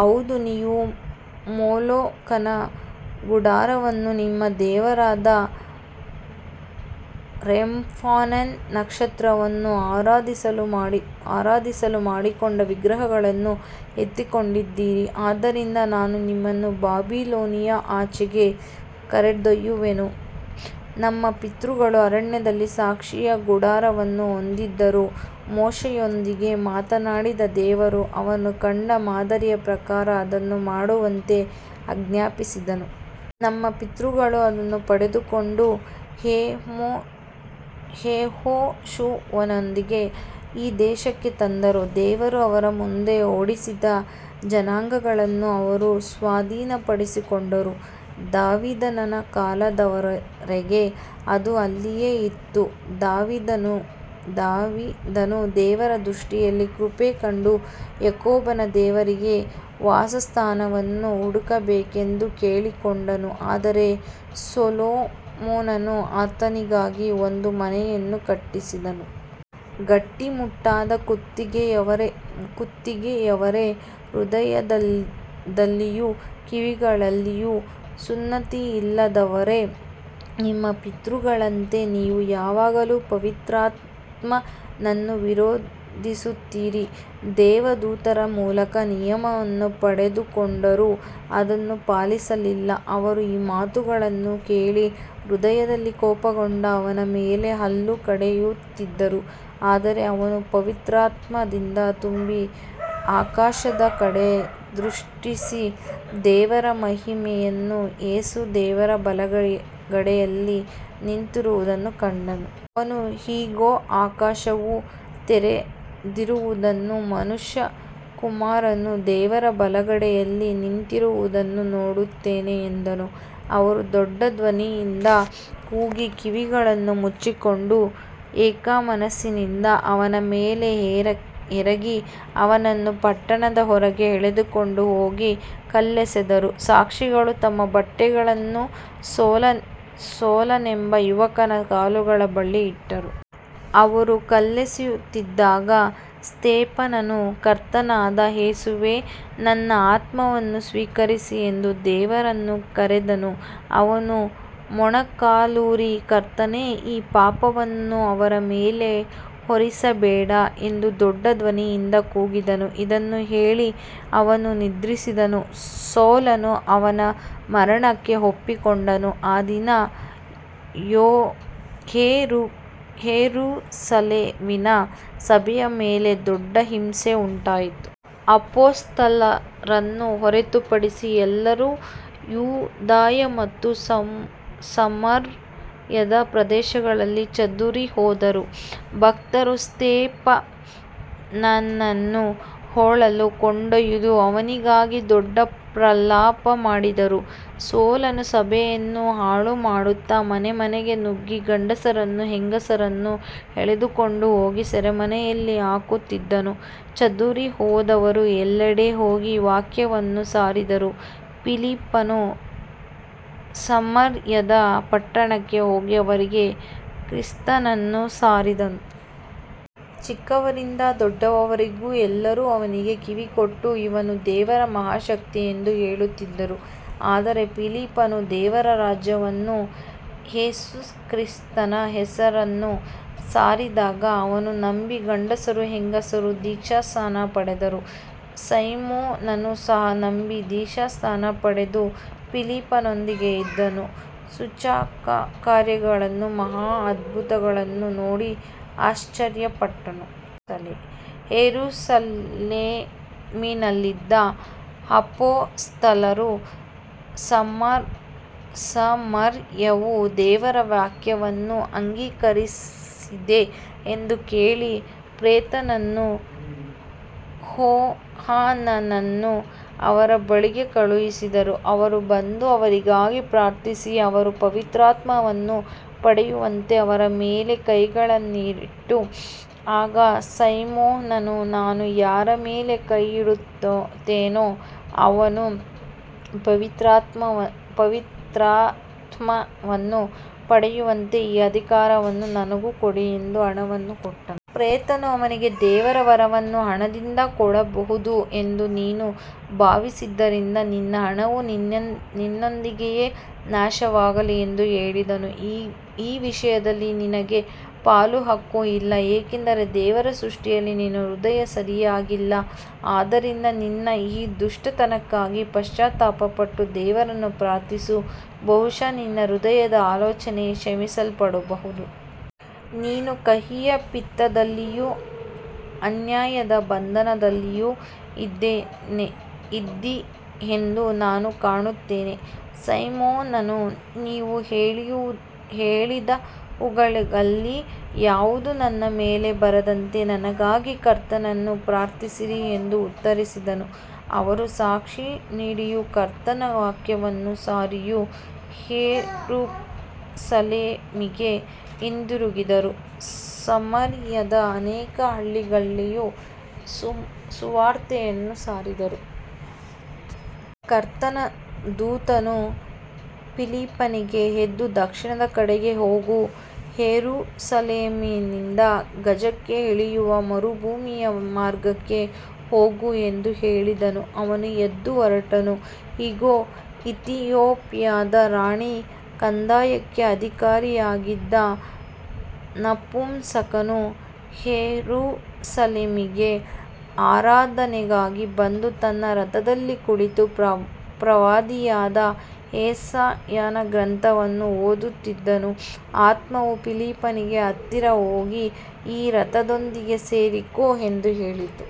ಹೌದು, ನೀವು ಮೊಲೋಕನ ಗುಡಾರವನ್ನೂ ನಿಮ್ಮ ದೇವರಾದ ರೆಮ್ಫಾನನ ನಕ್ಷತ್ರವನ್ನೂ ಆರಾಧಿಸಲು ಮಾಡಿಕೊಂಡ ವಿಗ್ರಹಗಳನ್ನು ಎತ್ತಿಕೊಂಡಿದ್ದೀರಿ, ಆದ್ದರಿಂದ ನಾನು ನಿಮ್ಮನ್ನು ಬಾಬಿಲೋನಿನ ಆಚೆಗೆ ಕೊಂಡೊಯ್ಯುವೆನು. ನಮ್ಮ ಪಿತೃಗಳು ಅರಣ್ಯದಲ್ಲಿ ಸಾಕ್ಷಿಯ ಗುಡಾರವನ್ನು ಹೊಂದಿದ್ದರು. ಮೋಶೆಯೊಂದಿಗೆ ಮಾತನಾಡಿದ ದೇವರು, ಅವನು ಕಂಡ ಮಾದರಿಯ ಪ್ರಕಾರ ಅದನ್ನು ಮಾಡುವಂತೆ ಆಜ್ಞಾಪಿಸಿದ್ದನು. ನಮ್ಮ ಪಿತೃಗಳು ಅದನ್ನು ಪಡೆದುಕೊಂಡು ಯೆಹೋಶುವನೊಂದಿಗೆ ಈ ದೇಶಕ್ಕೆ ತಂದರು. ದೇವರು ಅವರ ಮುಂದೆ ಓಡಿಸಿದ ಜನಾಂಗಗಳನ್ನು ಅವರು ಸ್ವಾಧೀನಪಡಿಸಿಕೊಂಡರು. ದಾವೀದನ ಕಾಲದವರೆಗೆ ಅದು ಅಲ್ಲಿಯೇ ಇತ್ತು. ದಾವೀದನು ದೇವರ ದೃಷ್ಟಿಯಲ್ಲಿ ಕೃಪೆ ಕಂಡು ಯಾಕೋಬನ ದೇವರಿಗೆ ವಾಸಸ್ಥಾನವನ್ನು ಹುಡುಕಬೇಕೆಂದು ಕೇಳಿಕೊಂಡನು. ಆದರೆ ಸೊಲೊಮೋನನು ಆತನಿಗಾಗಿ ಒಂದು ಮನೆಯನ್ನು ಕಟ್ಟಿಸಿದನು. ಗಟ್ಟಿಮುಟ್ಟಾದ ಕುತ್ತಿಗೆಯವರೇ, ಹೃದಯದಲ್ಲಿಯೂ ಕಿವಿಗಳಲ್ಲಿಯೂ ಸುನ್ನತಿಯಿಲ್ಲದವರೇ, ನಿಮ್ಮ ಪಿತೃಗಳಂತೆ ನೀವು ಯಾವಾಗಲೂ ಪವಿತ್ರಾತ್ಮನನ್ನು ವಿರೋಧಿಸುತ್ತೀರಿ. ದೇವದೂತರ ಮೂಲಕ ನಿಯಮವನ್ನು ಪಡೆದುಕೊಂಡರೂ ಅದನ್ನು ಪಾಲಿಸಲಿಲ್ಲ. ಅವರು ಈ ಮಾತುಗಳನ್ನು ಕೇಳಿ ಹೃದಯದಲ್ಲಿ ಕೋಪಗೊಂಡು ಅವನ ಮೇಲೆ ಹಲ್ಲು ಕಡಿಯುತ್ತಿದ್ದರು. ಆದರೆ ಅವನು ಪವಿತ್ರಾತ್ಮದಿಂದ ತುಂಬಿ ಆಕಾಶದ ಕಡೆ ದೃಷ್ಟಿಸಿ, ದೇವರ ಮಹಿಮೆಯನ್ನೂ ಯೇಸು ದೇವರ ಬಲಗಡೆಯಲ್ಲಿ ನಿಂತಿರುವುದನ್ನೂ ಕಂಡನು. ಅವನು, ಇಗೋ, ಆಕಾಶವು ತೆರೆದಿರುವುದನ್ನೂ ಮನುಷ್ಯಕುಮಾರನು ದೇವರ ಬಲಗಡೆಯಲ್ಲಿ ನಿಂತಿರುವುದನ್ನೂ ನೋಡುತ್ತೇನೆ ಎಂದನು. ಅವರು ದೊಡ್ಡ ಧ್ವನಿಯಿಂದ ಕೂಗಿ ಕಿವಿಗಳನ್ನು ಮುಚ್ಚಿಕೊಂಡು ಏಕಮನಸ್ಸಿನಿಂದ ಅವನ ಮೇಲೆ ಎರಗಿ, ಅವನನ್ನು ಪಟ್ಟಣದ ಹೊರಗೆ ಎಳೆದುಕೊಂಡು ಹೋಗಿ ಕಲ್ಲೆಸೆದರು. ಸಾಕ್ಷಿಗಳು ತಮ್ಮ ಬಟ್ಟೆಗಳನ್ನು ಸೌಲನೆಂಬ ಯುವಕನ ಕಾಲುಗಳ ಬಳಿ ಇಟ್ಟರು. ಅವರು ಕಲ್ಲೆಸೆಯುತ್ತಿದ್ದಾಗ ಸ್ತೇಫನನು, ಕರ್ತನಾದ ಯೇಸುವೇ, ನನ್ನ ಆತ್ಮವನ್ನು ಸ್ವೀಕರಿಸು ಎಂದು ದೇವರನ್ನು ಕರೆದನು. ಅವನು ಮೊಣಕಾಲೂರಿ, ಕರ್ತನೇ, ಈ ಪಾಪವನ್ನು ಅವರ ಮೇಲೆ ಹೊರಿಸಬೇಡ ಎಂದು ದೊಡ್ಡ ಧ್ವನಿಯಿಂದ ಕೂಗಿದನು. ಇದನ್ನು ಹೇಳಿ ಅವನು ನಿದ್ರಿಸಿದನು. ಸೌಲನು ಅವನ ಮರಣಕ್ಕೆ ಒಪ್ಪಿಕೊಂಡನು. ಆ ದಿನ ಯೆರೂಸಲೇಮಿನ ಸಭೆಯ ಮೇಲೆ ದೊಡ್ಡ ಹಿಂಸೆ ಉಂಟಾಯಿತು. ಅಪೊಸ್ತಲರನ್ನು ಹೊರತುಪಡಿಸಿ ಎಲ್ಲರೂ ಯೂದಾಯ ಮತ್ತು ಸಮಾರ್ಯದ ಪ್ರದೇಶಗಳಲ್ಲಿ ಚದುರಿಹೋದರು. ಭಕ್ತರು ಸ್ತೇಫನನನ್ನು ಹೂಳಲು ಕೊಂಡೊಯ್ದು ಅವನಿಗಾಗಿ ದೊಡ್ಡ ಪ್ರಲಾಪ ಮಾಡಿದರು. ಸೌಲನು ಸಭೆಯನ್ನು ಹಾಳುಮಾಡುತ್ತಾ ಮನೆಮನೆಗೆ ನುಗ್ಗಿ ಗಂಡಸರನ್ನೂ ಹೆಂಗಸರನ್ನೂ ಎಳೆದುಕೊಂಡು ಹೋಗಿ ಸೆರೆಮನೆಯಲ್ಲಿ ಹಾಕುತ್ತಿದ್ದನು. ಚದುರಿಹೋದವರು ಎಲ್ಲೆಡೆ ಹೋಗಿ ವಾಕ್ಯವನ್ನು ಸಾರಿದರು. ಫಿಲಿಪ್ಪನು ಸಮಾರ್ಯದ ಪಟ್ಟಣಕ್ಕೆ ಹೋಗಿ ಅವರಿಗೆ ಕ್ರಿಸ್ತನನ್ನು ಸಾರಿದನು. ಚಿಕ್ಕವರಿಂದ ದೊಡ್ಡವರವರೆಗೆ ಎಲ್ಲರೂ ಅವನಿಗೆ ಕಿವಿಗೊಟ್ಟು, ಇವನು ದೇವರ ಮಹಾಶಕ್ತಿ ಎಂದು ಹೇಳುತ್ತಿದ್ದರು. ಆದರೆ ಫಿಲಿಪ್ಪನು ದೇವರ ರಾಜ್ಯವನ್ನೂ ಯೇಸುಕ್ರಿಸ್ತನ ಹೆಸರನ್ನೂ ಸಾರಿದಾಗ ಅವರು ನಂಬಿ ಗಂಡಸರೂ ಹೆಂಗಸರೂ ದೀಕ್ಷಾಸ್ನಾನ ಪಡೆದರು. ಸೈಮೋನನು ಸಹ ನಂಬಿ ದೀಕ್ಷಾಸ್ನಾನ ಪಡೆದು ಫಿಲಿಪ್ಪನೊಂದಿಗೆ ಇದ್ದನು. ಸೂಚಕಕಾರ್ಯಗಳನ್ನೂ ಮಹಾ ಅದ್ಭುತಗಳನ್ನೂ ನೋಡಿ ಆಶ್ಚರ್ಯಪಟ್ಟನು. ಯೆರೂಸಲೇಮಿನಲ್ಲಿದ್ದ ಅಪೊಸ್ತಲರು ಸಮಾರ್ಯವು ದೇವರ ವಾಕ್ಯವನ್ನು ಅಂಗೀಕರಿಸಿದೆ ಎಂದು ಕೇಳಿ ಪೇತ್ರನನ್ನೂ ಯೋಹಾನನನ್ನೂ ಅವರ ಬಳಿಗೆ ಕಳುಹಿಸಿದರು. ಅವರು ಬಂದು ಅವರಿಗಾಗಿ ಪ್ರಾರ್ಥಿಸಿ, ಅವರು ಪವಿತ್ರಾತ್ಮವನ್ನು ಪಡೆಯುವಂತೆ ಅವರ ಮೇಲೆ ಕೈಗಳನ್ನಿಟ್ಟರು. ಆಗ ಸೈಮೋನನು, ನಾನು ಯಾರ ಮೇಲೆ ಕೈ ಇಡುತ್ತೇನೋ ಅವನು ಪವಿತ್ರಾತ್ಮವನ್ನು ಪಡೆಯುವಂತೆ ಈ ಅಧಿಕಾರವನ್ನು ನನಗೂ ಕೊಡಿ ಎಂದು ಹಣವನ್ನು ಕೊಟ್ಟನು. ಪೇತ್ರನು ಅವನಿಗೆ, ದೇವರ ವರವನ್ನು ಹಣದಿಂದ ಕೊಳ್ಳಬಹುದು ಎಂದು ನೀನು ಭಾವಿಸಿದ್ದರಿಂದ ನಿನ್ನ ಹಣವು ನಿನ್ನೊಂದಿಗೇ ನಾಶವಾಗಲಿ ಎಂದು ಹೇಳಿದನು. ಈ ವಿಷಯದಲ್ಲಿ ನಿನಗೆ ಪಾಲೂ ಹಕ್ಕೂ ಇಲ್ಲ, ಏಕೆಂದರೆ ದೇವರ ದೃಷ್ಟಿಯಲ್ಲಿ ನಿನ್ನ ಹೃದಯ ಸರಿಯಾಗಿಲ್ಲ. ಆದ್ದರಿಂದ ನಿನ್ನ ಈ ದುಷ್ಟತನಕ್ಕಾಗಿ ಪಶ್ಚಾತ್ತಾಪಪಟ್ಟು ದೇವರನ್ನು ಪ್ರಾರ್ಥಿಸು, ಬಹುಶಃ ನಿನ್ನ ಹೃದಯದ ಆಲೋಚನೆ ಕ್ಷಮಿಸಲ್ಪಡಬಹುದು. ನೀನು ಕಹಿಯ ಪಿತ್ತದಲ್ಲಿಯೂ ಅನ್ಯಾಯದ ಬಂಧನದಲ್ಲಿಯೂ ಇದ್ದೀಯೆಂದು ನಾನು ಕಾಣುತ್ತೇನೆ. ಸೈಮೋನನು, ನೀವು ಹೇಳಿದವುಗಳಲ್ಲಿ ಯಾವುದೂ ನನ್ನ ಮೇಲೆ ಬರದಂತೆ ನನಗಾಗಿ ಕರ್ತನನ್ನು ಪ್ರಾರ್ಥಿಸಿರಿ ಎಂದು ಉತ್ತರಿಸಿದನು. ಅವರು ಸಾಕ್ಷಿ ನೀಡಿಯೂ ಕರ್ತನ ವಾಕ್ಯವನ್ನು ಸಾರಿಯೂ ಯೆರೂಸಲೇಮಿಗೆ ಹಿಂದಿರುಗಿದರು. ಸಮಾರ್ಯದ ಅನೇಕ ಹಳ್ಳಿಗಳಲ್ಲಿಯೂ ಸುವಾರ್ತೆಯನ್ನು ಸಾರಿದರು. ಕರ್ತನ ದೂತನು ಫಿಲಿಪ್ಪನಿಗೆ, ಎದ್ದು ದಕ್ಷಿಣದ ಕಡೆಗೆ ಹೋಗು, ಯೆರೂಸಲೇಮಿನಿಂದ ಗಾಜಾಕ್ಕೆ ಇಳಿಯುವ ಮರುಭೂಮಿಯ ಮಾರ್ಗಕ್ಕೆ ಹೋಗು ಎಂದು ಹೇಳಿದನು. ಅವನು ಎದ್ದು ಹೊರಟನು. ಇಗೋ, ಇಥಿಯೋಪ್ಯದ ರಾಣಿ ಕಂದಾಕೆಯ ಅಧಿಕಾರಿಯಾಗಿದ್ದ ನಪುಂಸಕನು ಯೆರೂಸಲೇಮಿಗೆ ಆರಾಧನೆಗಾಗಿ ಬಂದು ತನ್ನ ರಥದಲ್ಲಿ ಕುಳಿತು ಪ್ರವಾದಿಯಾದ ಯೆಶಾಯನ ಗ್ರಂಥವನ್ನು ಓದುತ್ತಿದ್ದನು. ಆತ್ಮವು ಫಿಲಿಪ್ಪನಿಗೆ, ಹತ್ತಿರ ಹೋಗಿ ಈ ರಥದೊಂದಿಗೆ ಸೇರಿಕೋ ಎಂದು ಹೇಳಿತು.